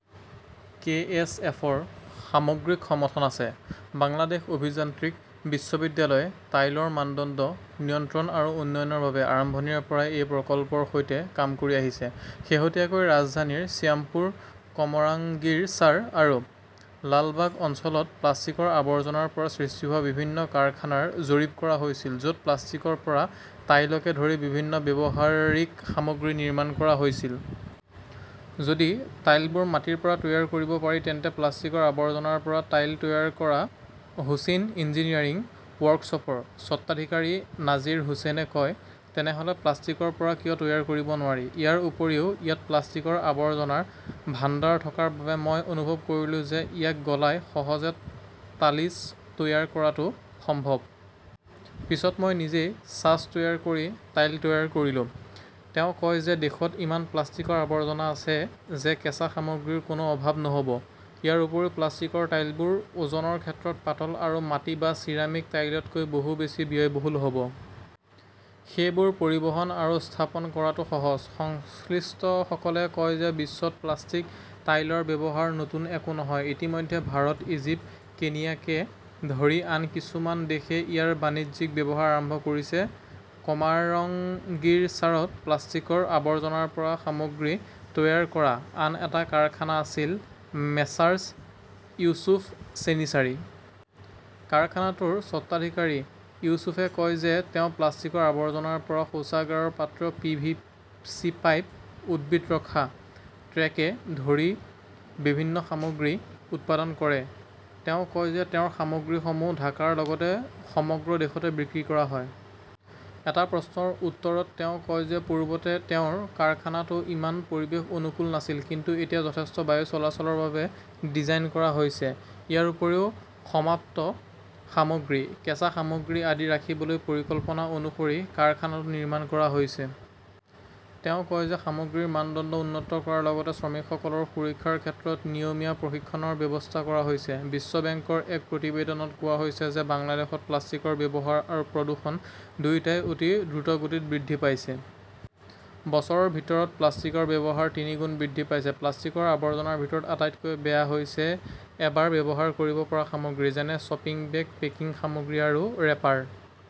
কে. S. F. ৰ সামগ্ৰিক সমৰ্থন আছে। বাংলাদেশ অভিযান্ত্ৰিক বিশ্ববিদ্যালয়ে টাইলৰ মানদণ্ড নিয়ন্ত্ৰণ আৰু উন্নয়নৰ বাবে আৰম্ভণিৰে পৰাই এই প্ৰকল্পৰ সৈতে কাম কৰি আহিছে। শেহতীয়াকৈ ৰাজধানীৰ শ্যামপুৰ, কামৰাংগীৰচাৰ আৰু লালবাগ অঞ্চলত প্লাষ্টিকৰ আৱৰ্জনাৰ পৰা সৃষ্টি হোৱা বিভিন্ন কাৰখানাৰ জৰীপ কৰা হৈছিল, য'ত প্লাষ্টিকৰ পৰা টাইলকে ধৰি বিভিন্ন ব্যৱহাৰিক সামগ্ৰী নিৰ্মাণ কৰা হৈছিল। যদি টাইলবোৰ মাটিৰ পৰা তৈয়াৰ কৰিব পাৰি তেন্তে প্লাষ্টিকৰ আৱৰ্জনাৰ পৰা টাইল তৈয়াৰ কৰা হোছেইন ইঞ্জিনিয়াৰিং ৱৰ্কশ্বপৰ স্বত্বাধিকাৰী নাজিৰ হোছেনে কয়। তেনেহ'লে প্লাষ্টিকৰ পৰা কিয় তৈয়াৰ কৰিব নোৱাৰি? ইয়াৰ উপৰিও ইয়াত প্লাষ্টিকৰ আৱৰ্জনাৰ ভাণ্ডাৰ থকাৰ বাবে মই অনুভৱ কৰিলো যে, ইয়াক গলাই সহজে টালিছ তৈয়াৰ কৰাটো সম্ভৱ। পিছত মই নিজেই ছাঁচ তৈয়াৰ কৰি টাইল তৈয়াৰ কৰিলো। তেওঁ কয় যে, দেশত ইমান প্লাষ্টিকৰ আৱৰ্জনা আছে যে কেঁচা সামগ্ৰীৰ কোনো অভাৱ নহ'ব। ইয়াৰ উপৰিও, প্লাষ্টিকৰ টাইলবোৰ ওজনৰ ক্ষেত্ৰত পাতল আৰু মাটি বা চিৰামিক টাইলতকৈ বহু বেছি ব্যয়বহুল হ 'ব। সেইবোৰ পৰিবহণ আৰু স্থাপন কৰাটো সহজ। সংশ্লিষ্টসকলে কয় যে বিশ্বত প্লাষ্টিক টাইলৰ ব্যৱহাৰ নতুন একো নহয়। ইতিমধ্যে ভাৰত, ইজিপ্ত, কেনিয়াকে ধৰি আন কিছুমান দেশে ইয়াৰ বাণিজ্যিক ব্যৱহাৰ আৰম্ভ কৰিছে। কামৰাংগীৰচাৰত প্লাষ্টিকৰ আৱৰ্জনাৰ পৰা সামগ্ৰী তৈয়াৰ কৰা আন এটা কাৰখানা আছিল মেছাৰ্ছ ইউছুফ ছেনিচাৰী। কাৰখানাটোৰ স্বত্বাধিকাৰী ইউছুফে কয় যে, তেওঁ প্লাষ্টিকৰ আৱৰ্জনাৰ পৰা শৌচাগাৰৰ পাত্ৰ, পি. ভি. চি. পাইপ, উদ্ভিদ ৰখা ট্ৰেকে ধৰি বিভিন্ন সামগ্ৰী উৎপাদন কৰে। তেওঁ কয় যে, তেওঁৰ সামগ্ৰীসমূহ ঢাকাৰ লগতে সমগ্ৰ দেশতে বিক্ৰী কৰা হয়। এটা প্ৰশ্নৰ উত্তৰত তেওঁ কয় যে পূৰ্বতে তেওঁৰ কাৰখানাটো ইমান পৰিৱেশ অনুকূল নাছিল। কিন্তু এতিয়া যথেষ্ট বায়ু চলাচলৰ বাবে ডিজাইন কৰা হৈছে। ইয়াৰ উপৰিও, সমাপ্ত সামগ্ৰী, কেঁচা সামগ্ৰী আদি ৰাখিবলৈ পৰিকল্পনা অনুসৰি কাৰখানাটো নিৰ্মাণ কৰা হৈছে। তেওঁ কয় যে সামগ্ৰীৰ মানদণ্ড উন্নত কৰাৰ লগতে শ্ৰমিকসকলৰ সুৰক্ষাৰ ক্ষেত্ৰত নিয়মীয়া প্ৰশিক্ষণৰ ব্যৱস্থা কৰা হৈছে। বিশ্ব বেংকৰ এক প্ৰতিবেদনত কোৱা হৈছে যে বাংলাদেশত প্লাষ্টিকৰ ব্যৱহাৰ আৰু প্ৰদূষণ দুয়োটাই অতি দ্ৰুতগতিত বৃদ্ধি পাইছে। বছৰৰ ভিতৰত প্লাষ্টিকৰ ব্যৱহাৰ তিনিগুণ বৃদ্ধি পাইছে। প্লাষ্টিকৰ আৱৰ্জনাৰ ভিতৰত আটাইতকৈ বেয়া হৈছে এবাৰ ব্যৱহাৰ কৰিব পৰা সামগ্ৰী, যেনে শ্বপিং বেগ, পেকিং সামগ্ৰী আৰু ৰেপাৰ।